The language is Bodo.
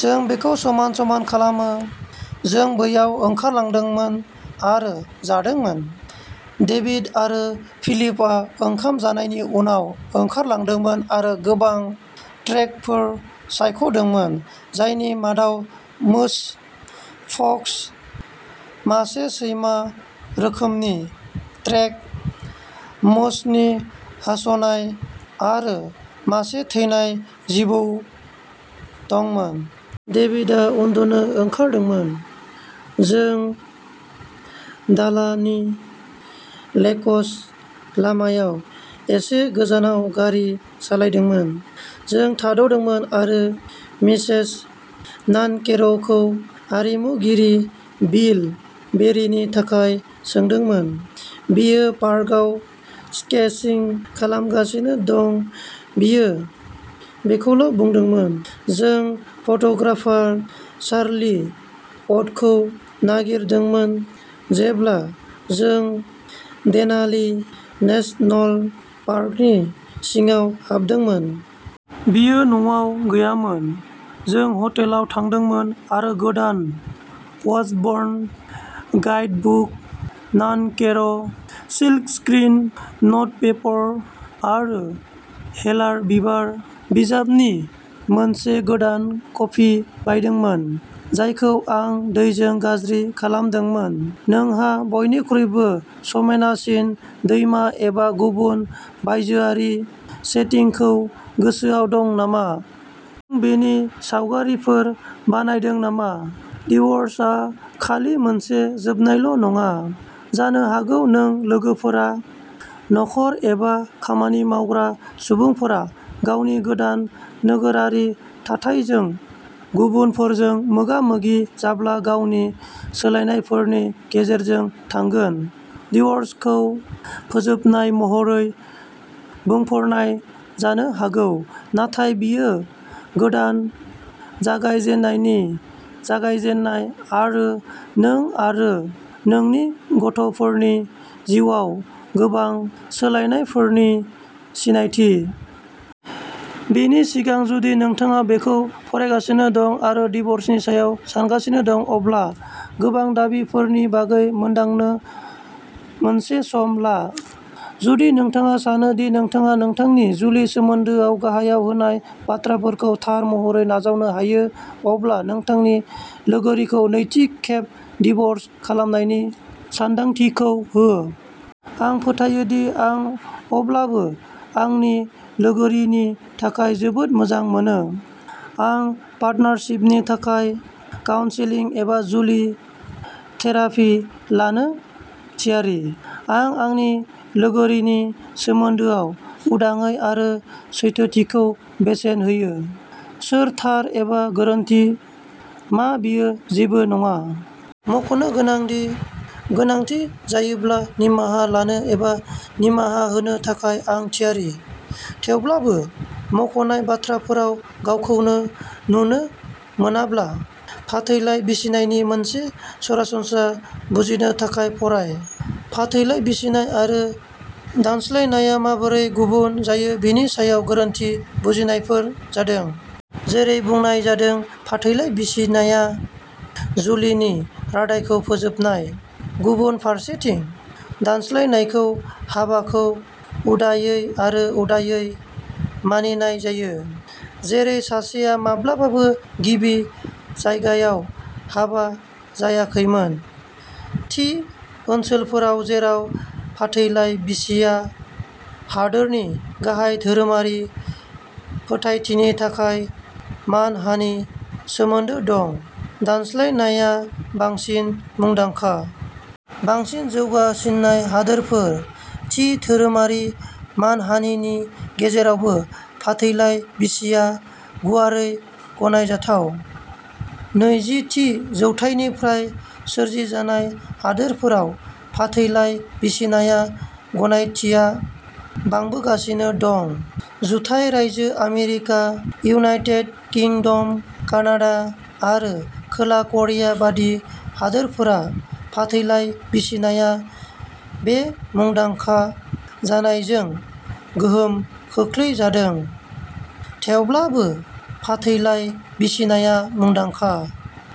जों बेखौ समान-समान खालामो। जों बैयाव ओंखारलांदोंमोन आरो जादोंमोन। डेभिड आरो फिलिपआ ओंखाम जानायनि उनाव ओंखारलांदोंमोन आरो गोबां ट्रेकफोर सायख'दोंमोन, जायनि मादाव मोस, फक्स, मासे सैमा रोखोमनि ट्रेक, मोसनि हास'नाय आरो मासे थैनाय जिबौ दंमोन। डेभिडआ उन्दुनो ओंखारदोंमोन। जों दानाली लेकस लामायाव एसे गोजानाव गारि सालायदोंमोन। जों थाद'दोंमोन आरो मिसेस नानकेर'खौ आरिमुगिरि बिल बेरिनि थाखाय सोंदोंमोन। बियो पार्कआव स्केचिं खालामगासिनो दं बियो बेखौल' बुंदोंमोन। जों फट'ग्राफार चार्ली अटखौ नागिरदोंमोन जेब्ला जों देनाली नेशनल पार्कनि सिङाव हाबदोंमोन। बियो न'आव गैयामोन। जों ह'टेलाव थांदोंमोन आरो गोदान वाशबर्न गाइडबुक, नानकेर' सिल्कस्क्रीन नटपेपर आरो हेलार बिबार बिजाबनि मोनसे गोदान कपि बायदोंमोन, जायखौ आं दैजों गाज्रि खालामदोंमोन। नोंहा बयनिख्रुइबो समायनासिन दैमा एबा गुबुन बायजोआरि सेटिंखौ गोसोआव दं नामा? नों बेनि सावगारिफोर बानायदों नामा? डिव'र्सआ खालि मोनसे जोबनायल' नङा। जानो हागौ नोंनि लोगोफोरा। न'खर एबा खामानि मावग्रा सुबुंफोरा गावनि गोदान नोगोरारि थाथायजों गुबुनफोरजों मोगा मोगि जाब्ला गावनि सोलायनायफोरनि गेजेरजों थांगोन। डिव'र्सखौ फोजोबनाय महरै बुंफोरनाय जानो हागौ, नाथाय बेयो गोदान जागायजेन्नायनि जागायजेन्नाय आरो नों आरो नोंनि गथ'फोरनि जिउआव गोबां सोलायनायफोरनि सिनायथि। बेनि सिगां, जुदि नोंथाङा बेखौ फरायगासिनो दं आरो डिव'र्सनि सायाव सानगासिनो दं, अब्ला गोबां दाबिफोरनि बागै मोनदांनो मोनसे सम ला। जुदि नोंथाङा सानो दि नोंथाङा नोंथांनि जुलि सोमोन्दोआव गाहायाव होनाय बाथ्राफोरखौ थार महरै नाजावनो हायो, अब्ला नोंथांनि लोगोरिखौ नैथि खेब डिव'र्स खालामनायनि सानदांथिखौ हो। आं फोथायो दि आं अब्लाबो आंनि लोगोरिनि थाखाय जोबोद मोजां मोनो। आं पार्टनारशिपनि थाखाय काउन्सेलिं एबा जुलि थेरापि लानो थियारि। आं आंनि लोगोरिनि सोमोन्दोआव उदाङै आरो सैथोथिखौ बेसेन होयो। सोर थार एबा गोरोन्थि, मा बेयो जेबो नङा। मखनो गोनांदि, गोनांथि जायोब्ला निमाहा लानो एबा निमाहा होनो थाखाय आं थियारि। थेवब्लाबो, मख'नाय बाथ्राफोराव गावखौनो नुनो मोनाब्ला, फाथैलाइ बिसिनायनि मोनसे सरासनस्रा बुजिनो थाखाय फराय। फाथैलाइ बिसिनाय आरो दानस्लायनायआ माबोरै गुबुन जायो बेनि सायाव गोरोन्थि बुजिनायफोर जादों। जेरै बुंनाय जादों, फाथैलाइ बिसिनाया जुलिनि रादायखौ फोजोबनाय। गुबुन फारसेथिं, दानस्लायनायखौ हाबाखौ उदायै आरो उदायै मानिनाय जायो, जेरै सासेया माब्लाबाबो गिबि जायगायाव हाबा जायाखैमोन। थि ओनसोलफोराव जेराव फाथैलाइ बिसिया हादोरनि गाहाय धोरोमारि फोथायथिनि थाखाय मानहानि सोमोन्दो दं, दानस्लायनायआ बांसिन मुंदांखा। बांसिन जौगासिननाय हादोरफोर, थि धोरोमारि मानहानि गेजेरावबो, फाथैलाइ बिसिया गुवारै गनायजाथाव। नैजि थि जौथायनिफ्राय सोरजिजानाय हादोरफोराव फाथैलाइ बिसिनाया गनायथिया बांबोगासिनो दं। जुथाइ रायजो आमेरिका, इउनाइटेड किंडम, कानाडा आरो खोला करिया बायदि हादोरफोरा फाथैलाइ बिसिनाया बे मुंदांखा जानायजों गोहोम खोख्लैजादों। थेवब्लाबो, फाथैलाइ बिसिनाया मुंदांखा।